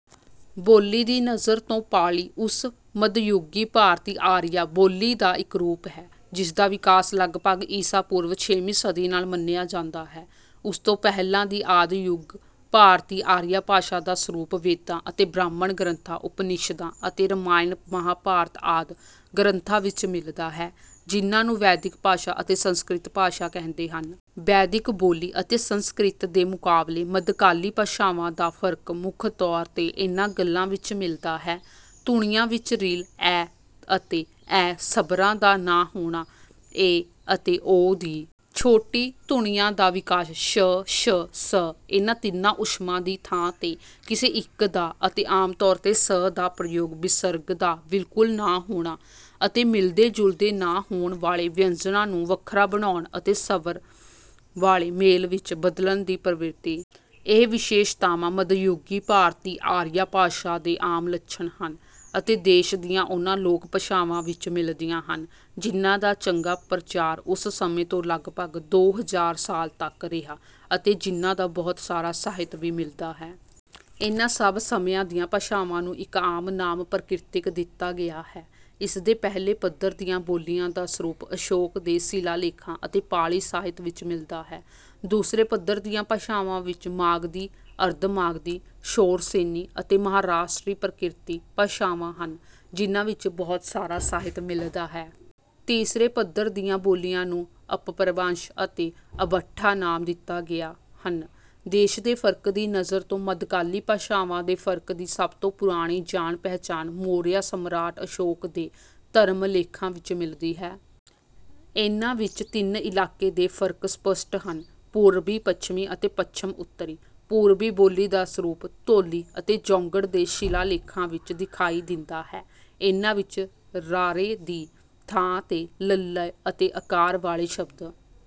ਬੋਲੀ ਦੀ ਨਜ਼ਰ ਤੋਂ ਪਾਲੀ ਉਸ ਮਧਯੁਗੀ ਭਾਰਤੀ ਆਰੀਆ ਬੋਲੀ ਦਾ ਇੱਕ ਰੂਪ ਹੈ ਜਿਸਦਾ ਵਿਕਾਸ ਲੱਗਭੱਗ ਈਸਾ ਪੂਰਵ ਛੇਵੀਂ ਸਦੀ ਨਾਲ ਮੰਨਿਆ ਜਾਂਦਾ ਹੈ। ਉਸ ਤੋਂ ਪਹਿਲਾਂ ਦੀ ਆਦਿਯੁਗੀ ਭਾਰਤੀ ਆਰੀਆ ਭਾਸ਼ਾ ਦਾ ਸਰੂਪ ਵੇਦਾਂ ਅਤੇ ਬ੍ਰਾਹਮਣ ਗ੍ਰੰਥਾਂ ਉਪਨਿਸ਼ਦਾਂ ਅਤੇ ਰਾਮਾਇਣ ਮਹਾਂਭਾਰਤ ਆਦਿ ਗ੍ਰੰਥਾਂ ਵਿੱਚ ਮਿਲਦਾ ਹੈ ਜਿਨ੍ਹਾਂ ਨੂੰ ਵੈਦਿਕ ਭਾਸ਼ਾ ਅਤੇ ਸੰਸਕ੍ਰਿਤ ਭਾਸ਼ਾ ਕਹਿੰਦੇ ਹਨ। ਵੈਦਿਕ ਬੋਲੀ ਅਤੇ ਸੰਸਕ੍ਰਿਤ ਦੇ ਮੁਕਾਬਲੇ ਮੱਧਕਾਲੀ ਭਾਸ਼ਾਵਾਂ ਦਾ ਫਰਕ ਮੁੱਖ ਤੌਰ ਤੇ ਇਨ੍ਹਾਂ ਗੱਲਾਂ ਵਿੱਚ ਮਿਲਦਾ ਹੈ। ਧੁਨੀਆਂ ਵਿੱਚ ਰਿ ਲ ਐ ਅਤੇ ਐ ਸਵਰਾਂ ਦਾ ਨਾ ਹੋਣਾ ਏ ਅਤੇ ਓ ਦੀ ਛੋਟੀ ਧੁਨੀਆਂ ਦਾ ਵਿਕਾਸ ਸ਼ ਸ਼ ਸ ਇਨ੍ਹਾਂ ਤਿੰਨਾਂ ਊਸ਼ਮਾਂ ਦੀ ਥਾਂ ਤੇ ਕਿਸੇ ਇੱਕ ਦਾ ਅਤੇ ਆਮ ਤੌਰ ਤੇ ਸ ਦਾ ਪ੍ਰਯੋਗ ਵਿਸਰਗ ਦਾ ਬਿਲਕੁਲ ਨਾ ਹੋਣਾ ਅਤੇ ਮਿਲਦੇ ਜੁਲਦੇ ਨਾ ਹੋਣ ਵਾਲੇ ਵਿਅੰਜਨਾਂ ਨੂੰ ਵੱਖਰਾ ਬਣਾਉਣ ਅਤੇ ਸਵਰ ਵਾਲੇ ਮੇਲ ਵਿੱਚ ਬਦਲਣ ਦੀ ਪ੍ਰਵਿਰਤੀ। ਇਹ ਵਿਸ਼ੇਸ਼ਤਾਵਾਂ ਮਧਯੁਗੀ ਭਾਰਤੀ ਆਰੀਆ ਭਾਸ਼ਾ ਦੇ ਆਮ ਲੱਛਣ ਹਨ ਅਤੇ ਦੇਸ਼ ਦੀਆਂ ਉਨ੍ਹਾਂ ਲੋਕਭਾਸ਼ਾਵਾਂ ਵਿੱਚ ਮਿਲਦੀਆਂ ਹਨ ਜਿਨ੍ਹਾਂ ਦਾ ਚੰਗਾ ਪ੍ਰਚਾਰ ਉਸ ਸਮੇਂ ਤੋਂ ਲਗਭੱਗ ਦੋ ਹਜ਼ਾਰ ਸਾਲ ਤੱਕ ਰਿਹਾ ਅਤੇ ਜਿਨ੍ਹਾਂ ਦਾ ਬਹੁਤ ਸਾਰਾ ਸਾਹਿਤ ਵੀ ਮਿਲਦਾ ਹੈ। ਇਨ੍ਹਾਂ ਸਭ ਸਮਿਆਂ ਦੀਆਂ ਭਾਸ਼ਾਵਾਂ ਨੂੰ ਇੱਕ ਆਮ ਨਾਮ ਪ੍ਰਾਕ੍ਰਿਤ ਦਿੱਤਾ ਗਿਆ ਹੈ। ਇਸ ਦੇ ਪਹਿਲੇ ਪੱਧਰ ਦੀਆਂ ਬੋਲੀਆਂ ਦਾ ਸਰੂਪ ਅਸ਼ੋਕ ਦੇ ਸ਼ਿਲਾਲੇਖਾਂ ਅਤੇ ਪਾਲੀ ਸਾਹਿਤ ਵਿੱਚ ਮਿਲਦਾ ਹੈ। ਦੂਸਰੇ ਪੱਧਰ ਦੀਆਂ ਭਾਸ਼ਾਵਾਂ ਵਿੱਚ ਮਾਗਧੀ ਅਰਧਮਾਗਧੀ ਸ਼ੌਰਸੇਨੀ ਅਤੇ ਮਹਾਰਾਸ਼ਟਰੀ ਪ੍ਰਾਕ੍ਰਿਤ ਭਾਸ਼ਾਵਾਂ ਹਨ ਜਿਨ੍ਹਾਂ ਵਿੱਚ ਬਹੁਤ ਸਾਰਾ ਸਾਹਿਤ ਮਿਲਦਾ ਹੈ। ਤੀਸਰੇ ਪੱਧਰ ਦੀਆਂ ਬੋਲੀਆਂ ਨੂੰ ਅਪਭਰੰਸ਼ ਅਤੇ ਅਵਹੱਠਾ ਨਾਮ ਦਿੱਤੇ ਗਏ ਹਨ। ਦੇਸ਼ ਦੇ ਫਰਕ ਦੀ ਨਜ਼ਰ ਤੋਂ ਮੱਧਕਾਲੀ ਭਾਸ਼ਾਵਾਂ ਦੇ ਫਰਕ ਦੀ ਸਭ ਤੋਂ ਪੁਰਾਣੀ ਜਾਣ ਪਹਿਚਾਣ ਮੌਰਿਆ ਸਮਰਾਟ ਅਸ਼ੋਕ ਦੇ ਧਰਮ ਲੇਖਾਂ ਵਿੱਚ ਮਿਲਦੀ ਹੈ। ਇਨ੍ਹਾਂ ਵਿੱਚ ਤਿੰਨ ਇਲਾਕੇ ਦੇ ਫਰਕ ਸਪੱਸ਼ਟ ਹਨ ਪੂਰਬੀ ਪੱਛਮੀ ਅਤੇ ਪੱਛਮ ਉੱਤਰੀ। ਪੂਰਬੀ ਬੋਲੀ ਦਾ ਸਰੂਪ ਧੋਲੀ ਅਤੇ ਜੌਗੜ ਦੇ ਸ਼ਿਲਾਲੇਖਾਂ ਵਿੱਚ ਦਿਖਾਈ ਦਿੰਦਾ ਹੈ। ਇਨ੍ਹਾਂ ਵਿੱਚ ਰ ਦੀ ਥਾਂ ਤੇ ਲ ਅਤੇ ਆਕਾਰ ਵਾਲੇ ਸ਼ਬਦਾਂ